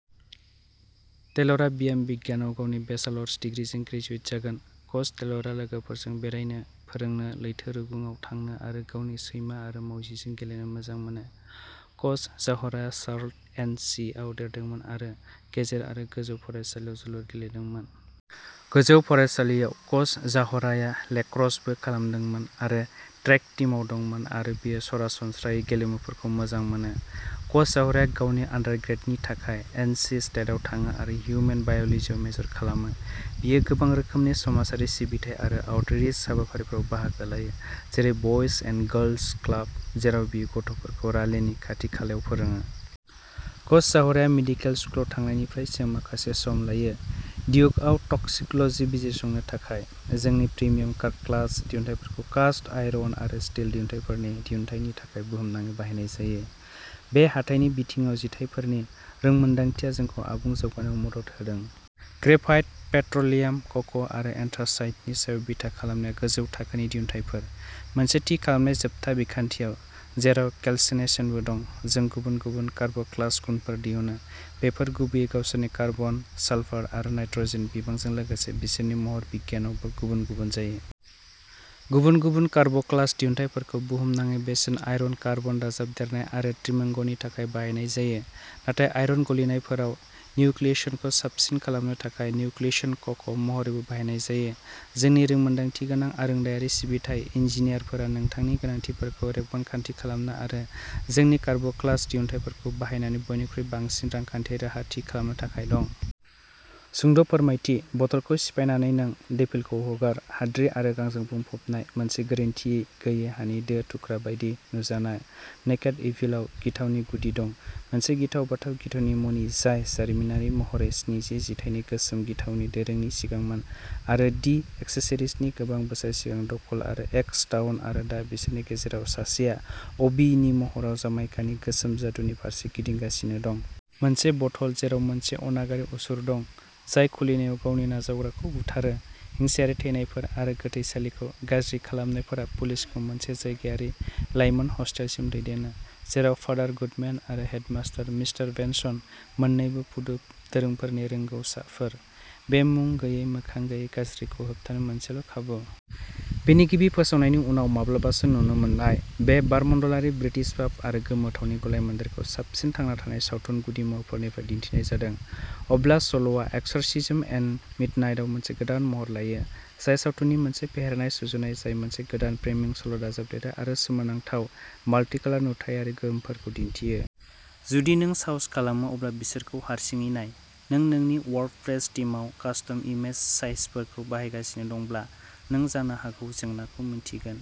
टेलरा बियाम बिगियानाव गावनि बेचेलार्स दिग्रिजों ग्रेजुवेट जागोन। कच टेलरा लोगोफोरजों बेरायनो, फोरोंनो, लैथो रुगुंआव थांनो आरो गावनि सैमा आरो मावजिजों गेलेनो मोजां मोनो। कच जाहराया शार्लट, एन. सि. आव देरदोंमोन आरो गेजेर आरो गोजौ फरायसालियाव जोलुर गेलेदोंमोन। गोजौ फरायसालिआव कच जाहराया लैक्रसबो खालामदोंमोन आरो ट्रेक टीमआव दंमोन आरो बियो सरासनस्रायै गेलेमुफोरखौ मोजां मोनो। कच जाहराया गावनि आन्डारग्रेडनि थाखाय एन. सि. स्टेटआव थाङो आरो हिउमेन बाय'लजीआव मेजर खालामो। बियो गोबां रोखोमनि समाजारि सिबिथाइ आरो आउटरीच हाबाफारिफोराव बाहागो लायो, जेरै बयज एन्ड गार्लस क्लाब, जेराव बियो गथ'फोरखौ रालेनि खाथि-खालायाव फोरोङो। कच जाहराया मेडिकेल स्कुलाव थांनायनिफ्राय सिगां माखासे सम लायो, डिउकआव टक्सिक'लजी बिजिरसंनो थाखाय। जोंनि प्रिमियाम कार्ब'लाक्स दिहुनथायफोरखौ कास्ट आयरन आरो स्टील दिहुनथायफोरनि दिहुनथायनि थाखाय बुहुमनाङै बाहायनाय जायो। बे हाथाइनि बिथिङाव जिथायफोरनि रोंमोनदांथिया जोंखौ आबुं जौगानायाव मदद होदों। ग्रेफाइट, पेट्र'लियाम क'क आरो एन्थ्रासाइटनि सायाव बिथा खालामनाय गोजौ थाखोनि दिहुनथायफोर। मोनसे थि खालामनाय जोबथा बिखान्थियाव, जेराव केल्सिनेशनबो दं, जों गुबुन गुबुन कार्ब'लाक्स गुनफोर दिहुनो। बेफोर गुबैयै गावसोरनि कार्बन, सालफार आरो नाइट्र'जेननि बिबांजों लोगोसे बिसोरनि महरबिगियानावबो गुबुन-गुबुन जायो। गुबुन-गुबुन कार्ब'लाक्स दिहुनथायफोरखौ बुहुमनाङै बेसन आयरन कार्बन दाजाबदेरनाय आरो ट्रिमिंगनि थाखाय बाहायनाय जायो, नाथाय आयरन गलिनायफोराव निउक्लियेशनखौ साबसिन खालामनो थाखाय निउक्लियेशन क'क महरैबो बाहायनाय जायो। जोंनि रोंमोन्दांथिगोनां आरोंदायारि सिबिथाइ इन्जिनियारफोरा नोंथांनि गोनांथिफोरखौ रेबगान्थि खालामनो आरो जोंनि कार्ब'लाक्स दिहुनथायफोरखौ बाहायनानै बयनिख्रुइ बांसिन रांखान्थियारि राहा थि खालामनो थाखाय दं। सुंद'फोरमायथि, बथलखौ सिफायनानै नों डेभिलखौ हगार, हाद्रि आरो गांजों बुंफबनाय मोनसे गोरोनथि गैयै हानि दो-थुख्रा बायदि नुजानाय "नेकेड इभिल" आव गिथावनि गुदि दं, मोनसे गिथाव-बाथाव गिथावनि मणि जाय जारिमिनारि महरै स्निजि जिथाइनि गोसोम गिथावनि दोरोंनि सिगांमोन आरो "दि एक्स'रिसिस्ट" नि गोबां बोसोर सिगां दखल आरो एक्स' टाउन, आरो दा बिसोरनि गेजेराव सासेआ "अबी" नि महराव जामाइकानि गोसोम जादुनि फारसे गिदिंगासिनो दं। मोनसे बथल जेराव मोनसे अनागारि असुर दं, जाय खुलिनायाव गावनि नाजावग्राखौ बुथारो। हिंसायारि थैनायफोर आरो गोथैसालिखौ गाज्रि खालामनायफोरा पुलिसखौ मोनसे जायगायारि लाइमोन हस्टेलसिम दैदेनो, जेराव फादार गुडमेन आरो हेडमास्टार मिस्टार बेनसन मोननैबो भुडु दोरोंफोरनि रोंग'साफोर, बे मुं गैयै, मोखां गैयै गाज्रिखौ होबथानो मोनसेल'खाबु! बेनि गिबि फोसावनायनि उनाव माब्लाबासो नुनो मोननाय, बे बारमण्डलारि ब्रिटिश पाप आरो गोमोथावनि गलायमोन्देरखौ साबसिन थांना थानाय सावथुन गुदिमुवाफोरनिफ्राय दिन्थिनाय जादों। अब्ला सल'आ "एक्स'र्सिज्म एट मिडनाइट" आव मोनसे गोदान महर लायो, जाय सावथुननि मोनसे फेहेरनाय सुजुनाय जाय मोनसे गोदान फ्रेमिंग सल'दाजाबदेरो आरो सोमोनांथाव "माल्टि-कलर" नुथायारि गोहोमफोरखौ दिन्थियो। जुदि नों साहस खालामो अब्ला बिसोरखौ हारसिङै नाय, नों नोंनि वर्डप्रेस थीमआव कास्टम इमेज साइजफोरखौ बाहायगासिनो दंब्ला नों जानो हागौ जेंनाखौ मिन्थिगोन।